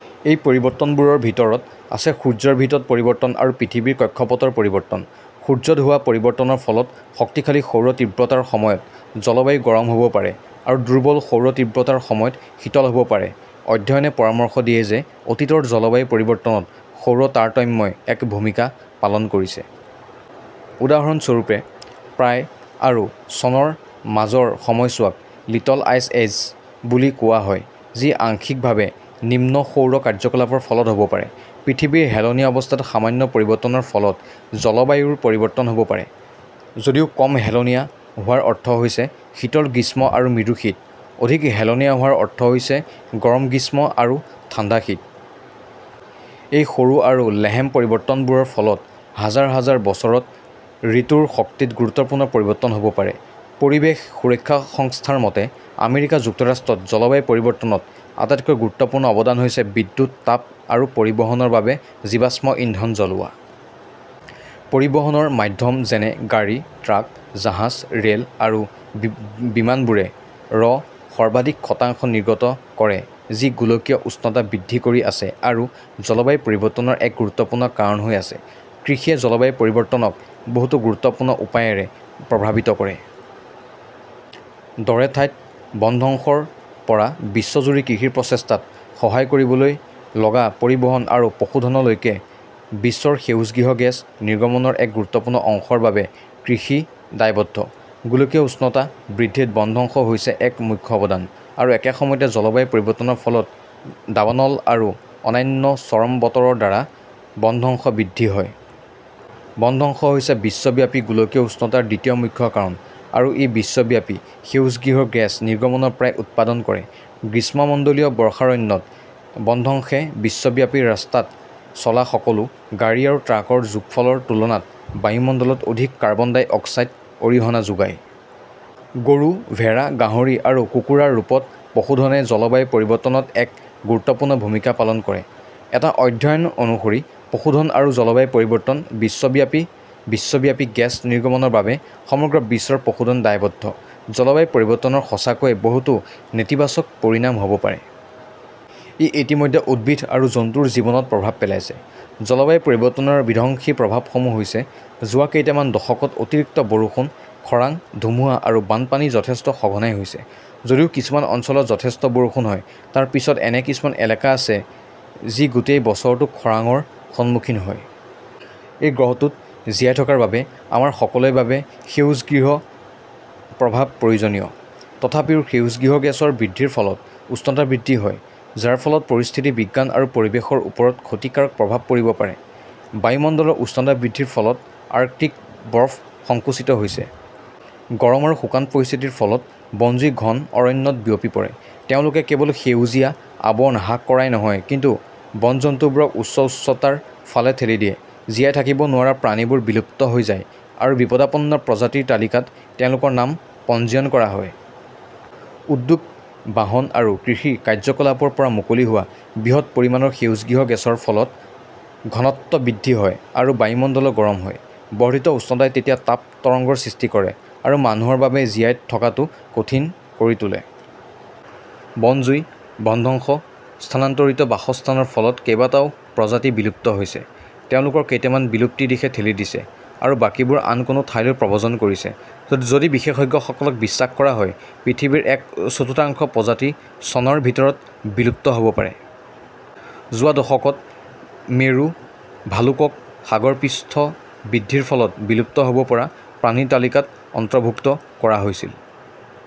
এই পৰিৱৰ্তনবোৰৰ ভিতৰত আছে সূৰ্যৰ ভিতৰত পৰিৱৰ্তন আৰু পৃথিৱীৰ কক্ষপথৰ পৰিৱৰ্তন। সূৰ্যত হোৱা পৰিৱৰ্তনৰ ফলত শক্তিশালী সৌৰ তীব্ৰতাৰ সময়ত জলবায়ু গৰম হ'ব পাৰে আৰু দুৰ্বল সৌৰ তীব্ৰতাৰ সময়ত শীতল হ'ব পাৰে। অধ্যয়নে পৰামৰ্শ দিয়ে যে অতীতৰ জলবায়ু পৰিৱৰ্তনত সৌৰ তাৰতম্যই এক ভূমিকা পালন কৰিছে। উদাহৰণ স্বৰূপে, প্ৰায় আৰু চনৰ মাজৰ সময়ছোৱাক "লিটল আইচ এজ" বুলি কোৱা হয় যি আংশিকভাৱে নিম্ন সৌৰ কাৰ্যকলাপৰ ফলত হ'ব পাৰে। পৃথিৱীৰ হেলনীয়া অৱস্থাত সামান্য পৰিৱৰ্তনৰ ফলত জলবায়ুৰ পৰিৱৰ্তন হ'ব পাৰে। যদিও কম হেলনীয়া হোৱাৰ অৰ্থ হৈছে শীতল গ্ৰীষ্ম আৰু মৃদু শীত, অধিক হেলনীয়া হোৱাৰ অৰ্থ হৈছে গৰম গ্ৰীষ্ম আৰু ঠাণ্ডা শীত। এই সৰু আৰু লেহেম পৰিৱৰ্তনবোৰৰ ফলত হাজাৰ হাজাৰ বছৰত ঋতুৰ শক্তিত গুৰুত্বপূৰ্ণ পৰিৱৰ্তন হ'ব পাৰে। পৰিৱেশ সুৰক্ষা সংস্থাৰ মতে, আমেৰিকা যুক্তৰাষ্ট্ৰত জলবায়ু পৰিৱৰ্তনত আটাইতকৈ গুৰুত্বপূৰ্ণ অৱদান হৈছে বিদ্যুৎ, তাপ আৰু পৰিবহনৰ বাবে জীৱাশ্ম ইন্ধন জ্বলোৱা। পৰিবহনৰ মাধ্যম যেনে গাড়ী, ট্ৰাক, জাহাজ, ৰেল, আৰু বিমানবোৰে -ৰ সৰ্বাধিক শতাংশ নিৰ্গত কৰে যি গোলকীয় উষ্ণতা বৃদ্ধি কৰি আছে আৰু জলবায়ু পৰিৱৰ্তনৰ এক গুৰুত্বপূৰ্ণ কাৰণ হৈ আছে। কৃষিয়ে জলবায়ু পৰিৱৰ্তনক বহুতো গুৰুত্বপূৰ্ণ উপায়েৰে প্ৰভাৱিত কৰে। দৰে ঠাইত বনধ্বংসৰ পৰা বিশ্বজুৰি কৃষি প্ৰচেষ্টাত সহায় কৰিবলৈ লগা পৰিবহন আৰু পশুধনলৈকে, বিশ্বৰ সেউজগৃহ গেছ নিৰ্গমনৰ এক গুৰুত্বপূৰ্ণ অংশৰ বাবে কৃষি দায়বদ্ধ। গোলকীয় উষ্ণতা বৃদ্ধিত বনধ্বংস হৈছে এক মুখ্য অৱদান, আৰু একে সময়তে, জলবায়ু পৰিৱৰ্তনৰ ফলত দাবানল আৰু অন্যান্য চৰম বতৰৰ দ্বাৰা বনধ্বংস বৃদ্ধি হয়। বনধ্বংস হৈছে বিশ্বব্যাপী গোলকীয় উষ্ণতাৰ দ্বিতীয় মুখ্য কাৰণ, আৰু ই বিশ্বব্যাপী সেউজগৃহ গেছ নিৰ্গমনৰ প্ৰায় উৎপাদন কৰে। গ্ৰীষ্মমণ্ডলীয় বৰ্ষাৰণ্যত বনধ্বংসে বিশ্বব্যাপী ৰাস্তাত চলাসকলো গাড়ী আৰু ট্ৰাকৰ যোগফলৰ তুলনাত বায়ুমণ্ডলত অধিক কাৰ্বন ডাই অক্সাইড অৰিহণা যোগায়। গৰু, ভেড়া, গাহৰি আৰু কুকুৰাৰ ৰূপত পশুধনে জলবায়ু পৰিৱৰ্তনত এক গুৰুত্বপূৰ্ণ ভূমিকা পালন কৰে। এটা অধ্যয়ন অনুসৰি, "পশুধন আৰু জলবায়ু পৰিৱৰ্তন", বিশ্বব্যাপী বিশ্বব্যাপী গেছ নিৰ্গমনৰ বাবে সমগ্ৰ বিশ্বৰ পশুধন দায়বদ্ধ। জলবায়ু পৰিৱৰ্তনৰ সঁচাকৈয়ে বহুতো নেতিবাচক পৰিণাম হ'ব পাৰে। ই ইতিমধ্যে উদ্ভিদ আৰু জন্তুৰ জীৱনত প্ৰভাৱ পেলাইছে। জলবায়ু পৰিৱৰ্তনৰ বিধ্বংসী প্ৰভাৱ সমূহ হৈছে – যোৱা কেইটামান দশকত, অতিৰিক্ত বৰষুণ, খৰাং, ধুমুহা আৰু বানপানী যথেষ্ট সঘনাই হৈছে। যদিও কিছুমান অঞ্চলত যথেষ্ট বৰষুণ হয়, তাৰ পিছত এনে কিছুমান এলেকা আছে যিগোটেই বছৰটো খৰাঙৰ সন্মুখীন হয়। এই গ্ৰহটোত জীয়াই থকাৰ বাবে আমাৰ সকলোৰে বাবে সেউজগৃহপ্ৰভাৱ প্ৰয়োজনীয়। তথাপিও, সেউজগৃহ গেছৰ বৃদ্ধিৰ ফলত উষ্ণতা বৃদ্ধি হয়, যাৰ ফলত পৰিস্থিতি বিজ্ঞান আৰু পৰিৱেশৰ ওপৰত ক্ষতিকাৰক প্ৰভাৱ পৰিব পাৰে। বায়ুমণ্ডলৰ উষ্ণতা বৃদ্ধিৰ ফলত আৰ্কটিক বৰফ সংকুচিত হৈছে। গৰম আৰু শুকান পৰিস্থিতিৰ ফলত বনজুই ঘন অৰণ্যত বিয়পি পৰে। তেওঁলোকে কেৱল সেউজীয়া আৱৰণ হ্ৰাস কৰাই নহয় কিন্তু বনজন্তুবোৰক উচ্চ উচ্চতাৰ ফালে ঠেলি দিয়ে। জীয়াই থাকিব নোৱাৰা প্ৰাণীবোৰ বিলুপ্ত হৈ যায় আৰু বিপদাপন্ন প্ৰজাতিৰ তালিকাত তেওঁলোকৰ নাম পঞ্জীয়ন কৰা হয়। উদ্যোগ, বাহন আৰু কৃষি কাৰ্যকলাপৰ পৰা মুকলি হোৱা বৃহৎ পৰিমাণৰ সেউজগৃহ গেছৰ ফলত. -ৰ ঘনত্ব বৃদ্ধি হয় আৰু বায়ুমণ্ডল গৰম হয়। বৰ্ধিত উষ্ণতাই তেতিয়া তাপ তৰংগৰ সৃষ্টি কৰে আৰু মানুহৰ বাবে জীয়াই থকাটো কঠিন কৰি তোলে। বন জুই, বনধ্বংস, স্থানান্তৰিত বাসস্থানৰ ফলত কেইবাটাও প্ৰজাতি বিলুপ্ত হৈছে, তেওঁলোকৰ কেইটামান বিলুপ্তিৰ দিশে ঠেলি দিছে, আৰু বাকীবোৰ আন কোনো ঠাইলৈ প্ৰব্ৰজন কৰিছে। যদি বিশেষজ্ঞসকলক বিশ্বাস কৰা হয়, পৃথিৱীৰ এক-চতুৰ্থাংশ প্ৰজাতি চনৰ ভিতৰত বিলুপ্ত হ'ব পাৰে। যোৱা দশকত, মেৰু ভালুকক সাগৰপৃষ্ঠবৃদ্ধিৰ ফলত বিলুপ্ত হ'ব পৰা প্ৰাণীৰ তালিকাত অন্তৰ্ভুক্ত কৰা হৈছিল।